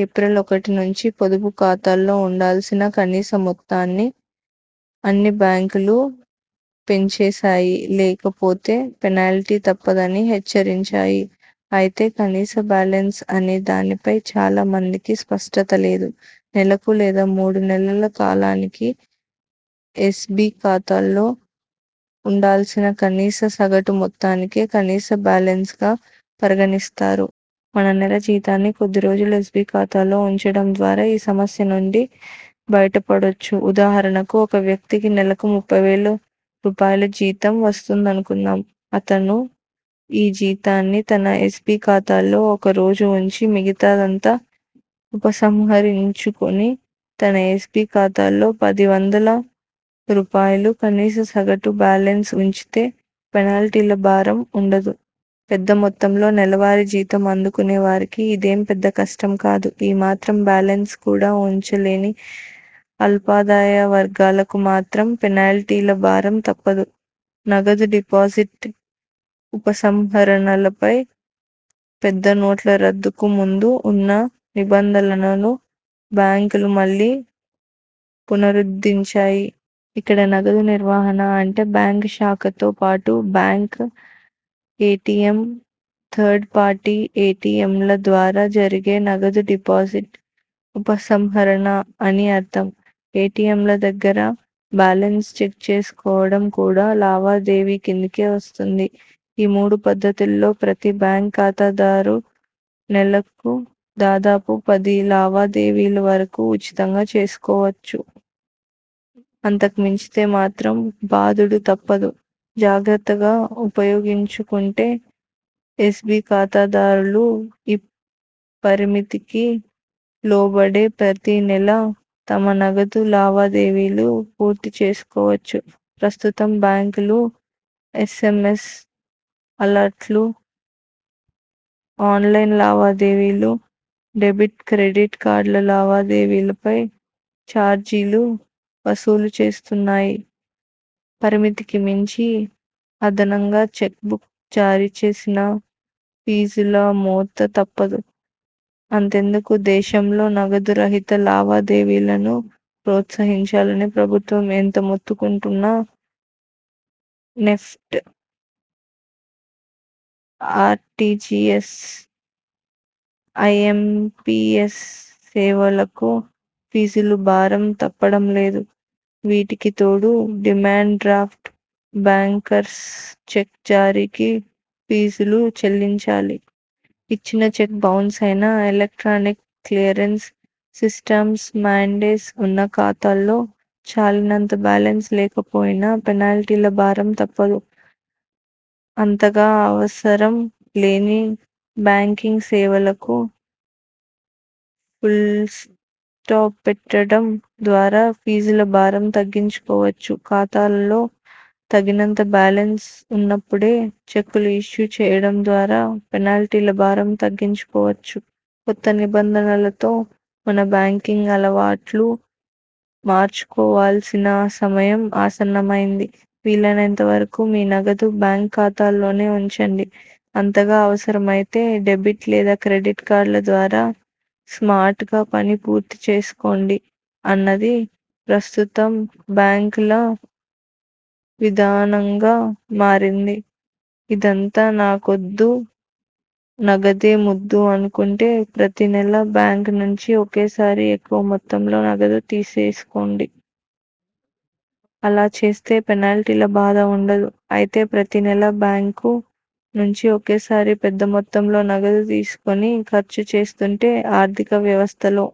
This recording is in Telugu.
ఏప్రిల్ ఒకటి నుంచి పొదుపు ఖాతాలో ఉండాల్సిన కనీస మొత్తాన్ని అన్ని బ్యాంకులు పెంచేశాయి. లేక పోతే పెనాల్టీ తప్పదని హెచ్చరించాయి. అయితే కనీస బాలెన్స్ అనే దానిపై చాలా మందికి స్పష్టత లేదు. నెలకు లేదా మూడు నెలల కాలానికి ఎస్బి ఖాతాలో ఉండాల్సిన కనీస సగటు మొత్తాన్నే 'కనీస బాలెన్స్'గా పరిగణిస్తారు. మన నెల జీతాన్ని కొద్ది రోజులు ఎస్బి ఖాతాలో ఉంచడం ద్వారా ఈ సమస్య నుంచి బయట పడొచ్చు. ఉదాహరణకు ఒక వ్యక్తికి నెలకు ముప్పై వేల రూపాయలు జీతం వస్తోందనుకుందాం. అతడు ఈ జీతాన్ని తన ఎస్బి ఖాతాలో ఒక రోజు ఉంచి, మిగతాదంతా ఉపసంహరిచుకుని, తన ఎస్బి ఖాతాలో పది వందల రూపాయలు కనీస సగటు బాలెన్స్ ఉంచితే పెనాల్టీల భారం ఉండదు. పెద్ద మొత్తంలో నెలవారీ జీతం అందుకునే వారికి ఇదేం పెద్ద కష్టం కాదు. ఈ మాత్రం బాలెన్స్ కూడా ఉంచలేని అల్పాదాయ వర్గాలకు మాత్రం పెనాల్టీల భారం తప్పదు. నగదు డిపాజిట్, ఉపసంహరణలపై పెద్ద నోట్ల రద్దుకు ముందు ఉన్న నిబంధనలను బ్యాంకులు మళ్లీ పునరుద్ధరించాయి. ఇక్కడ నగదు నిర్వహణ అంటే బ్యాంక్ శాఖతో పాటు, బ్యాంక్ ఎటిఎం, థర్డ్ పార్టీ ఎటిఎంల ద్వారా జరిగే నగదు డిపాజిట్, ఉపసంహరణ అని అర్థం. ఎటిఎంల దగ్గర బాలెన్స్ చెక్ చేసుకోవడం కూడా లావాదేవీ కిందికే వస్తుంది. ఈ మూడు పద్దతుల్లో ప్రతి బ్యాంక్ ఖాతాదారు నెలకు దాదాపు పది లావాదేవీల వరకు ఉచితంగా చేసుకోవచ్చు. అంతకు మించితే మాత్రం బాదుడు తప్పదు. జాగ్రత్తగా ఉపయోగించుకుంటే ఎస్బి ఖాతాదారులు ఈ పరిమితికి లోబడే ప్రతి నెలా తమ నగదు లావా దేవీలు పూర్తి చేసుకోవచ్చు. ప్రస్తుతం బ్యాంకులు ఎస్ఎంఎస్ అలర్టులు, ఆన్లైన్ లావాదేవీలు, డెబిట్, క్రెడిట్ కార్డు లావా దేవీలపై చార్జీలు వసూలు చేస్తున్నాయి. పరిమితికి మించి అదనంగా చెక్ బుక్ జారీ చేసినా ఫీజుల మోత తప్పదు. అంతెందుకు దేశంలో నగదు రహిత లావా దేవీలను ప్రోత్సహించాలని ప్రభుత్వం ఎంత మొత్తుకుంటున్నా నెఫ్ట్, ఆర్టిజిఎస్, ఐఎంపిఎస్ సేవలకూ ఫీజులు భారం తప్పడం లేదు. వీటికి తోడు డిమాండ్ డ్రాఫ్ట్, బ్యాంకర్స్ చెక్ జారీకి ఫీజులు చెల్లించాలి. ఇచ్చిన చెక్ బౌన్స్ అయినా, ఎలక్ట్రానిక్ క్లియరెన్స్ సిస్టమ్స్ మాండేట్ ఉన్న ఖాతాలో చాలినంత బాలెన్స్ లేకపోయినా పెనాల్టీల భారం తప్పదు. అంతగా అవసరం లేని బ్యాంకింగ్ సేవలకు ఫుల్స్టాప్ పెట్టడం ద్వారా ఫీజుల భారం తగ్గించు కోవచ్చు. ఖాతాలో తగినంత బాలెన్స్ ఉన్నపుడే చెక్కులు ఇష్యూ చేయడం ద్వారా పెనాల్టీల భారం తగ్గించు కోవచ్చు. కొత్త నిబంధనలతో మన బ్యాంకింగ్ అలవాట్లూ మార్చుకోవలసిన సమయం ఆసన్నమైంది. వీలైనంత వరకు మీ నగదు బ్యాంక్ ఖాతాలోనే ఉంచండి. అంతగా అవసరమైతే డెబిట్ లేదా క్రెడిట్ కార్డుల ద్వారా స్మార్ట్గా పని పూర్తి చేసుకోండి అన్నది ప్రస్తుతం బ్యాంకుల విధానంగా మారింది. ఇదంతా నాకొద్దు, నగదే ముద్దు అనుకుంటే ప్రతి నెలా బ్యాంక్ నుంచి ఒకేసారి ఎక్కువ మొత్తంలో నగదు తీసేసుకోండి. అలా చేస్తే పెనాల్టీల బాధ ఉండదు. అయితే ప్రతి నెలా బ్యాంకు నుంచి ఒకేసారి పెద్ద మొత్తంలో నగదు తీసుకుని ఖర్చు చేస్తుంటే, ఆర్థిక వ్యవస్థలో